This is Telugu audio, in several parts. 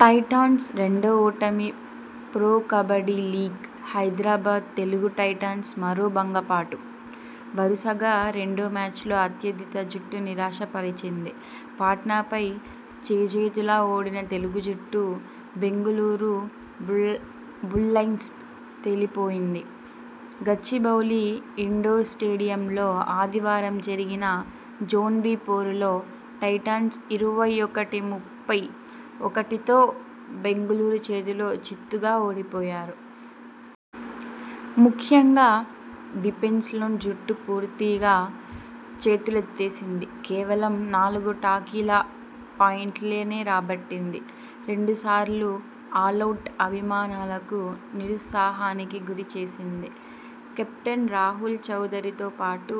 టైటాన్స్ రెండో ఓటమి Pro Kabaddi League Hyderabad Telugu Titans మరో భంగపాటు. వరుసగా రెండో మ్యాచ్లో ఆతిథ్య జట్టు నిరాశ పరిచింది. పట్నాపై చేజేతులా ఓడిన తెలుగు జట్టు.. బెంగళూరు బుల్ బులైన్స్ తేలిపోయింది. గచ్చిబౌలి ఇండోర్ స్టేడియంలో ఆదివారం జరిగిన జోన్-బి పోరులో టైటాన్స్ ఇరవై ఒకటి-ముప్పై ఒకటితో బెంగళూరు చేతిలో చిత్తుగా ఓడిపోయారు. ముఖ్యంగా డిఫెన్స్లో జట్టు పూర్తిగా చేతులెత్తేసింది. కేవలం నాలు గు టాకిల పాయింట్లేనే రాబట్టింది. రెండు సార్లు ఆలౌట్ అభిమానాలకు నిరుత్సాహానికి గురి చేసింది. కెప్టెన్ రాహుల్ చౌదరి తో పాటు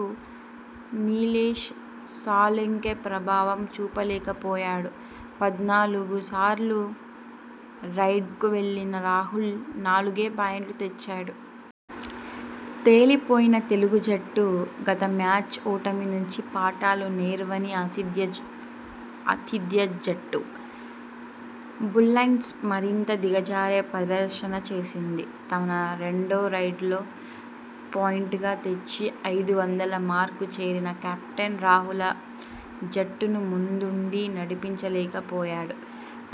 నీలేష్ సాలుంకె ప్రభావం చూపలేకపోయాడు. పద్నాలుగు సార్లు రైడ్కు వెళ్లిన రాహుల్ నాలుగే పాయింట్లు తెచ్చాడు. తేలిపోయిన తెలుగు జట్టు.. గత మ్యాచ్ ఓటమి నుంచి పాఠాలు నేర్వని ఆతిథ్య జట్టు ఆతిథ్య జట్టు. బులైన్స్ మరింత దిగజారే ప్రదర్శన చేసింది. తన రెండో రైడ్లో పాయింట్గా తెచ్చి ఐదు వందల మార్కు చేరిన కెప్టెన్ రాహుల జట్టును ముందుండి నడిపించలేకపోయాడు.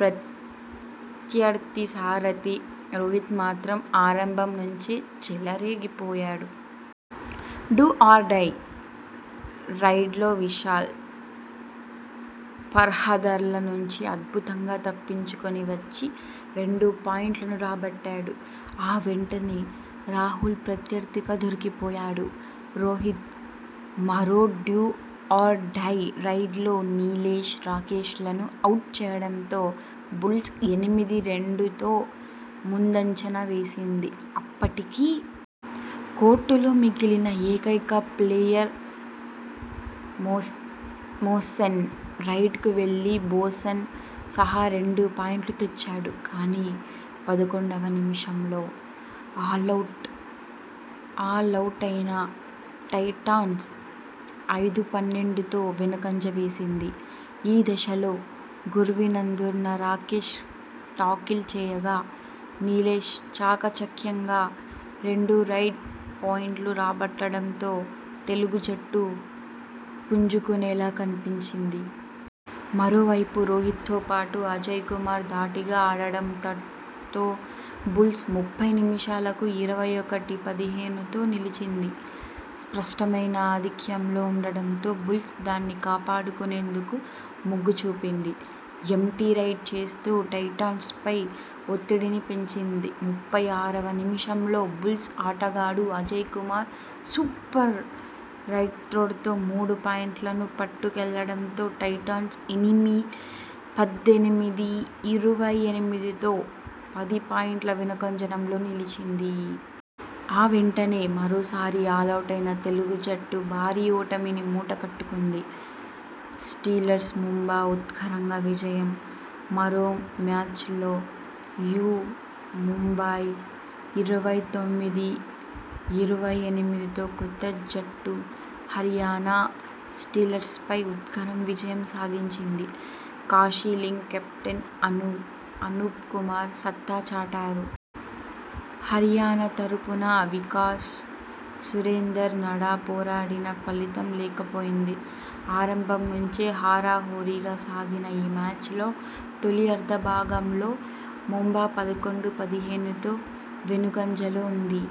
ప్రత్యర్థి సారథి రోహిత్ మాత్రం ఆరంభం నుంచే చెలరేగిపోయాడు. డూ ఆర్ డై రైడ్లో విశాల్, ఫర్హాదర్ల నుంచి అద్భుతంగా తప్పించుకొని వచ్చి రెండు పాయింట్లు రాబట్టాడు. ఆ వెంటనే రాహుల్ ప్రత్యర్థిగా దొరికిపోయాడు. రోహిత్ మరో డూ ఆర్ డై రైడ్లో నీలేష్, రాకేష్లను అవుట్ చేయడంతో బుల్స్ ఎనిమిది-రెండుతో ముందంజన వేసింది. అప్పటికి. కోర్టులో మిగిలిన ఏకైక ప్లేయర్ మోస్ మోసేన్ రైడ్ కు వెళ్లి బోసేన్ సహారెండు పాయింట్లు తెచ్చాడు. కానీ, పదకొండువ నిమిషంలో ఆలౌట్ ఆలౌటైన టైటాన్స్ ఐదు-పన్నెండుతో వెనుకంజ వేసింది. ఈ దశలో గుర్వీంనందు రాకేష్ టాకిల్ చేయగా. నీలేష్ చాకచక్యంగా రెండు రైడ్ పాయింట్లు రాబట్టడంతో తెలుగు జట్టు పుంజుకునేలా కనిపించింది. మరోవైపు రోహిత్తో పాటు అజయ్ కుమార్ ధాటిగా ఆడడం టతో బుల్స్ ముప్పై నిమిషాలకు ఇరవై ఒకటి-పదిహేనుతో నిలిచింది. స్పష్టమైన ఆధిక్యంలో ఉండడంతో బుల్స్ దాన్ని కాపా డుకునేందుకే మొగ్గు చూపింది. ఎమ్టీ రైడ్స్ చేస్తూ టైటాన్స్పై ఒత్తిడి పెంచింది. ముప్పై ఆరువ నిమిషంలో బుల్స్ ఆటగాడు అజయ్ కుమార్ సూపర్ రైడ్డ్తో మూడు పాయింట్లు పట్టుకెళ్లడంతో టైటాన్స్ పద్దెనిమిది-ఇరవై ఎనిమిదితో పది పాయింట్ల వెనుకంజలో నిలిచింది. ఆ వెంటనే మరోసారి ఆలౌటైన తెలుగు జట్టు భారీ ఓటమిని మూట గట్టుకుంది. స్టీలర్స్ ముంబా ఉత్కంఠ విజయం మరో మ్యాచ్లో యు ముంబాయి ఇరవై తొమ్మిది-ఇరవై ఎనిమిదితో కొత్త జట్టు హరియాణా స్టీలర్స్పై ఉత్కంఠ విజయం సాధించింది. కాశీలింగ్, కెప్టెన్ అనూప్ అనూప్ కుమార్ సత్తా చాటారు. హరియాణా తరఫున వికాష్, సురేందర్ నడా పోరాడినా ఫలితం లేకపోయింది. ఆరంభం నుంచే హరాహోరీగా సాగిన ఈ మ్యాచ్లో తొలి అర్ధ భాగంలో ముంబా పదకొండు-పదిహేనుతో వెనుకంజలో ఉంది.